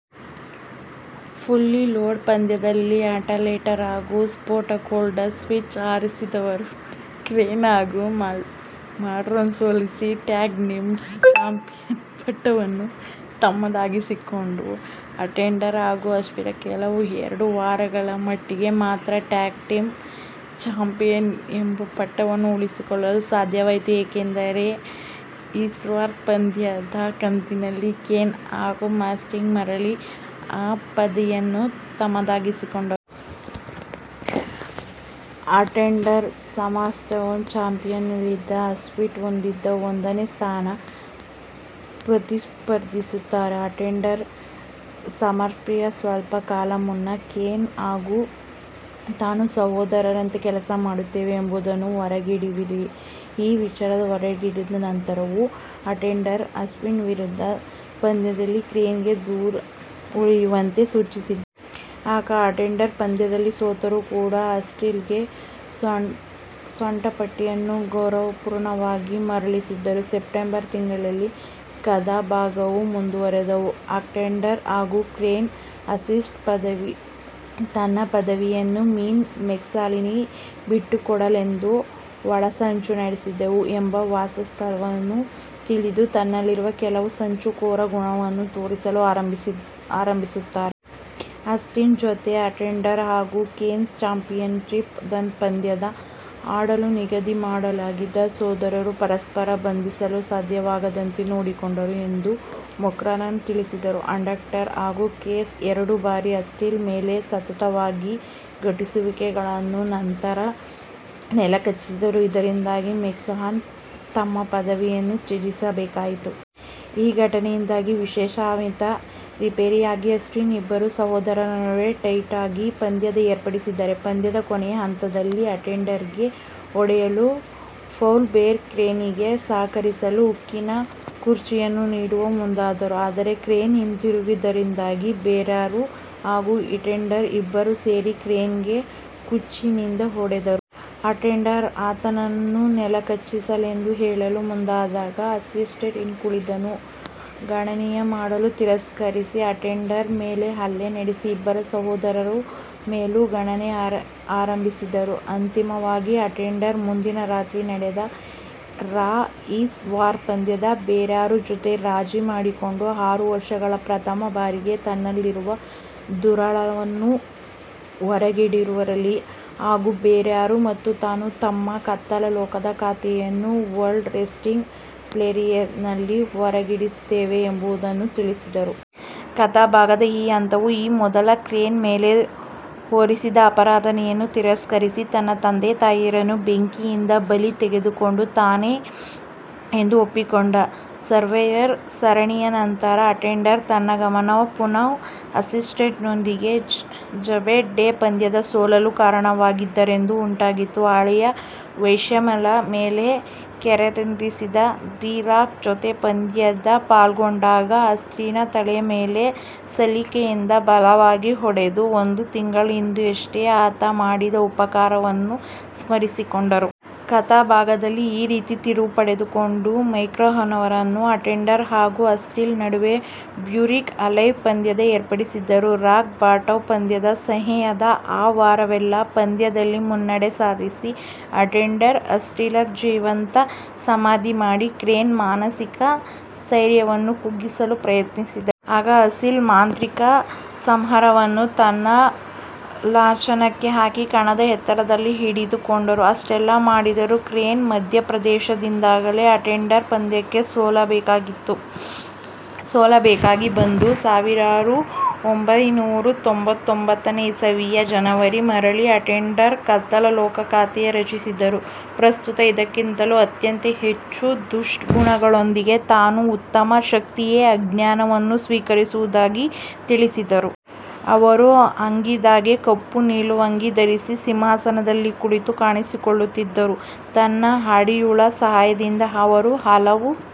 Fully loaded ಪಂದ್ಯದಲ್ಲಿ, Undertaker ಹಾಗೂ Stone Cold Steve ಆಸ್ಟಿನ್ರವರು, ಕೇನ್ ಹಾಗೂ ಮ್ಯಾನ್ಕೈಂಡ್ರನ್ನು ಸೋಲಿಸಿ ಟ್ಯಾಗ್ ಟೀಮ್ ಚಾಂಪಿಯನ್ಷಿಪ್ ಪಟ್ಟವನ್ನು ತಮ್ಮದಾಗಿಸಿಕೊಂಡರು. ಅಂಡರ್ಟೇಕರ್ ಹಾಗೂ ಆಸ್ಟಿನ್ರು ಕೇವಲ ಎರಡು ವಾರಗಳ ಮಟ್ಟಿಗೆ ಮಾತ್ರ ಟ್ಯಾಗ್ ಟೀಮ್ ಚಾಂಪಿಯನ್ ಎಂಬ ಪಟ್ಟವನ್ನು ಉಳಿಸಿಕೊಳ್ಳಲು ಸಾಧ್ಯವಾಯಿತು, ಏಕೆಂದರೆ ರಾ ಈಸ್ ವಾರ್ ಪಂದ್ಯದ ಕಂತಿನಲ್ಲಿ ಕೇನ್ ಹಾಗೂ ಮ್ಯಾನ್ಕೈಂಡ್ ಮರಳಿ ಆ ಪದವಿಯನ್ನು ತಮ್ಮದಾಗಿಸಿಕೊಂಡರು. ಅಂಡರ್ಟೇಕರ್ರು ಸಮ್ಮರ್ಸ್ಲ್ಯಾಮ್ನ ಚಾಂಪಿಯನ್ಷಿಪ್ನಲ್ಲಿ, ಆಸ್ಟಿನ್ ಹೊಂದಿದ್ದ ಒಂದನೇ ಸ್ಥಾನದ ಪ್ರತಿಸ್ಪರ್ಧಿಯಾದರು. ಅಂಡರ್ಟೇಕರ್ರು ಸಮ್ಮರ್ಸ್ಲ್ಯಾಮ್ಗಿಂತ ಸ್ವಲ್ಪ ಕಾಲ ಮುನ್ನ, ಕೇನ್ ಹಾಗೂ ತಾನು ಸಹೋದರರಂತೆ ಕೆಲಸ ಮಾಡಿದ್ದೇವೆ ಎಂಬುದನ್ನು ಹೊರಗೆಡವಿದರು. ಈ ವಿಚಾರ ಹೊರಗೆಡವಿದ ನಂತರವೂ, ಅಂಡರ್ಟೇಕರ್ ಆಸ್ಟಿನ್ ವಿರುದ್ಧದ ಪಂದ್ಯದಲ್ಲಿ ಕೇನ್ರಿಗೆ ದೂರ ಉಳಿಯುವಂತೆ ಸೂಚಿಸಿದರು. ಹಾಗೂ ಅಂಡರ್ಟೇಕರ್ ಪಂದ್ಯದಲ್ಲಿ ಸೋತರೂ ಕೂಡ ಆಸ್ಟಿನ್ರಿಗೆ ಸೊಂಟಪಟ್ಟಿಯನ್ನು ಗೌರವಪೂರ್ವಕವಾಗಿ ಮರಳಿಸಿದರು. ಸೆಪ್ಟೆಂಬರ್ ತಿಂಗಳಲ್ಲಿ, ಕಥಾಭಾಗವು ಮುಂದುವರೆದು, ಅಂಡರ್ಟೇಕರ್ ಹಾಗೂ ಕೇನ್, ಆಸ್ಟಿನ್ ತನ್ನ ಪದವಿಯನ್ನು ವಿನ್ಸ್ ಮೆಕ್ಮಹನ್ರಿಗೆ ಬಿಟ್ಟುಕೊಡಲೆಂದು, ಒಳಸಂಚು ನಡೆಸಿದೆವು ಎಂಬ ವಾಸ್ತವವನ್ನು ತಿಳಿಸಿ ತನ್ನಲ್ಲಿರುವ ಕೆಲವು ಸಂಚುಕೋರ ಗುಣಗಳನ್ನು ತೋರಿಸಲು ಆರಂಭಿಸುತ್ತಾರೆ. ಆಸ್ಟಿನ್ ಜೊತೆಗೆ ಅಂಡರ್ಟೇಕರ್ ಹಾಗೂ ಕೇನ್ ಚಾಂಪಿಯನ್ಷಿಪ್ನ ಟ್ರಿಪಲ್ ಥ್ರೆಟ್ ಪಂದ್ಯವನ್ನು ಆಡಲು ನಿಗದಿಮಾಡಲಾಗಿತ್ತು. ಸೋದರರು ಪರಸ್ಪರರನ್ನು ಬಂಧಿಸಲು ಸಾಧ್ಯವಾಗದಂತೆ ನೋಡಿಕೊಂಡರು ಎಂದು ಮೆಕ್ಮಹನ್ ತಿಳಿಸುತ್ತಾರೆ. ಅಂಡರ್ಟೇಕರ್ ಹಾಗೂ ಕೇನ್ ಎರಡು ಬಾರಿ ಆಸ್ಟಿನ್ರ ಮೇಲೆ ಸತತವಾದ ಘಟ್ಟಿಸುವಿಕೆ ಗಳ ನಂತರ ನೆಲಕಚ್ಚಿಸಿದರು, ಇದರಿಂದಾಗಿ ಮೆಕ್ಮಹನ್ ತಮ್ಮ ಪದವಿಯನ್ನು ತ್ಯಜಿಸಬೇಕಾಯಿತು. ಈ ಘಟನೆಯಿಂದಾಗಿ ವಿಶೇಷ ಆಹ್ವಾನಿತ ರೆಫರಿಯಾಗಿ ಆಸ್ಟಿನ್, ಇಬ್ಬರು ಸಹೋದರರ ನಡುವೆ ಟೈಟಲ್ಗಾಗಿ ಪಂದ್ಯವನ್ನು ಏರ್ಪಡಿಸಿದರು. ಪಂದ್ಯದ ಕೊನೆಯ ಹಂತದಲ್ಲಿ, ಅಂಡರ್ಟೇಕರ್ಗೆ ಹೊಡೆಯಲು ಪೌಲ್ ಬೇರರ್ ಕೇನ್ರಿಗೆ ಸಹಕರಿಸಲು ಉಕ್ಕಿನ ಕುರ್ಚಿಯನ್ನು ನೀಡಲು ಮುಂದಾದರು. ಆದರೆ ಕೇನ್ ಹಿಂದಿರುಗಿದ್ದರಿಂದಾಗಿ, ಬೇರರ್ ಹಾಗೂ ಅಂಡರ್ಟೇಕರ್ ಇಬ್ಬರೂ ಸೇರಿ ಕೇನ್ರಿಗೆ ಕುರ್ಚಿಯಿಂದ ಹೊಡೆದರು. ಅಂಡರ್ಟೇಕರ್ ಆತನನ್ನು ನೆಲಕಚ್ಚಿಸಿದೆನೆಂದು ಹೇಳಲು ಮುಂದಾದಾಗ, ಆಸ್ಟಿನ್ ಈ ಕುಸಿತವನ್ನು ಗಣನೆಮಾಡಲು ತಿರಸ್ಕರಿಸಿ ಅಂಡರ್ಟೇಕರ್ ಮೇಲೂ ಹಲ್ಲೆ ನಡೆಸಿ ಇಬ್ಬರು ಸಹೋದರರ ಮೇಲೂ ಗಣನೆ ಆರಂಭಿಸಿದರು. ಅಂತಿಮವಾಗಿ, ಅಂಡರ್ಟೇಕರ್ ಮುಂದಿನ ರಾತ್ರಿಯಲ್ಲಿ ನಡೆದ ರಾ ಈಸ್ ವಾರ್ ಪಂದ್ಯದಲ್ಲಿ ಬೇರರ್ ಜೊತೆ ರಾಜಿ ಮಾಡಿಕೊಂಡ ಆರು ವರ್ಷಗಳಲ್ಲಿ ಪ್ರಥಮ ಬಾರಿಗೆ ತನ್ನಲ್ಲಿರುವ ದುರುಳತನವನ್ನು ಹೊರಗೆಡವಿದರು, ಹಾಗೂ ಬೇರರ್ ಮತ್ತು ತಾನು ತಮ್ಮ ಕತ್ತಲ ಲೋಕದ ಖಾತೆಯನ್ನು ವರ್ಲ್ಡ್ ರೆಸ್ಲಿಂಗ್ ಫೆಡರೇಶನ್ನಿನಲ್ಲಿ ಹೊರಗೆಡವುತ್ತೇವೆ ಎಂಬುದನ್ನು ತಿಳಿಸಿದರು. ಕಥಾಭಾಗದ ಈ ಹಂತದಲ್ಲಿ, ಈ ಮೊದಲು ಕೇನ್ ಮೇಲೆ ಹೊರಿಸಿದ ಆಪಾದನೆಯನ್ನು ತಿರಸ್ಕರಿಸಿ, ತನ್ನ ತಂದೆತಾಯಿಯರನ್ನು ಬೆಂಕಿಯಿಂದ ಬಲಿ ತೆಗೆದುಕೊಂಡದ್ದು ತಾನೆ ಎಂದು ಒಪ್ಪಿಕೊಂಡರು. ಸರ್ವೈವರ್ ಸರಣಿಯ ನಂತರ, ಅಂಡರ್ಟೇಕರ್ ತನ್ನ ಗಮನವನ್ನು ಪುನಃ ಆಸ್ಟಿನ್ರೊಂದಿಗಿದ್ದ ಜಡ್ಜ್ಮೆಂಟ್ ಡೇ ಪಂದ್ಯದಲ್ಲಿ ಸೋಲಲು ಕಾರಣವಾಗಿದ್ದರಿಂದ ಉಂಟಾಗಿದ್ದ ಹಳೆಯ ವೈಷಮ್ಯದ ಮೇಲೆ ಕೇಂದ್ರೀಕರಿಸಿ, ದಿ ರಾಕ್ ಜೊತೆ ಪಂದ್ಯದಲ್ಲಿ ಪಾಲ್ಗೊಂಡಾಗ ಆಸ್ಟಿನ್ರ ತಲೆಯ ಮೇಲೆ ಸಲಿಕೆಯಿಂದ ಬಲವಾಗಿ ಹೊಡೆದು ಒಂದು ತಿಂಗಳ ಹಿಂದಷ್ಟೇ ಆತ ಮಾಡಿದ ಉಪಕಾರವನ್ನು ಸ್ಮರಿಸಿಕೊಂಡರು. ಕಥಾಭಾಗದಲ್ಲಿ ಈ ರೀತಿಯ ತಿರುವು ಪಡೆದುಕೊಂಡು, ಮೆಕ್ಮಹನ್ರವರು ಅಂಡರ್ಟೇಕರ್ ಹಾಗೂ ಆಸ್ಟಿನ್ ನಡುವೆ ಬ್ಯುರೀಡ್ ಅಲೈವ್ ಪಂದ್ಯವನ್ನು ಏರ್ಪಡಿಸಿದರು. ರಾಕ್ ಬಾಟಮ್ ಪಂದ್ಯಗಳ ಸನಿಹದ ಆ ವಾರವೆಲ್ಲಾ ಪಂದ್ಯದಲ್ಲಿ ಮುನ್ನಡೆ ಸಾಧಿಸಿ, ಅಂಡರ್ಟೇಕರ್ ಆಸ್ಟಿನ್ರನ್ನು ಜೀವಂತ ಸಮಾಧಿ ಮಾಡಿ, ಕೇನ್ರ ಮಾನಸಿಕ ಸ್ಥೈರ್ಯವನ್ನು ಕುಗ್ಗಿಸಲು ಪ್ರಯತ್ನಿಸಿದರು. ಹಾಗೂ ಆಸ್ಟಿನ್ರ ಮಾಂತ್ರಿಕ ಸರವನ್ನು ತನ್ನ ಲಾಂಛನಕ್ಕೆ ಹಾಕಿ ಕಣದ ಎತ್ತರದಲ್ಲಿ ಹಿಡಿದುಕೊಂಡರು. ಅಷ್ಟೆಲ್ಲಾ ಮಾಡಿದರೂ ಕೇನ್ರ ಮಧ್ಯಪ್ರವೇಶದಿಂದಾಗಿ ಅಂಡರ್ಟೇಕರ್ ಪಂದ್ಯದಲ್ಲಿ ಸೋಲಬೇಕಾಗಿ ಬಂತು. ಸಾವಿರದ ಒಂಭೈನೂರ ತೊಂಭತ್ತೊಂಭತ್ತನೇ ಇಸವಿಯ ಜನವರಿಯಲ್ಲಿ ಮರಳಿದ ಅಂಡರ್ಟೇಕರ್, ಕತ್ತಲ ಲೋಕದ ಖಾತೆಯನ್ನು ರಚಿಸಿದರು. ಪ್ರಸ್ತುತ ಇದ್ದುದಕ್ಕಿಂತಲೂ ಅತ್ಯಂತ ಹೆಚ್ಚು ದುಷ್ಟಗುಣಗಳೊಂದಿಗೆ ತಾನು "ಉನ್ನತ ಶಕ್ತಿ"ಯಿಂದ ಆಜ್ಞೆಗಳನ್ನು ಸ್ವೀಕರಿಸುತ್ತಿರುವುದಾಗಿ ತಿಳಿಸಿದರು. ಅವರು ಆಗಿಂದಾಗೆ ಕಪ್ಪು ನಿಲುವಂಗಿ ಧರಿಸಿ ಸಿಂಹಾಸನದಲ್ಲಿ ಕುಳಿತು ಕಾಣಿಸಿಕೊಳ್ಳುತ್ತಿದ್ದರು. ತನ್ನ ಅಡಿಯಾಳುಗಳ ಸಹಾಯದಿಂದ ಅವರು ಹಲವು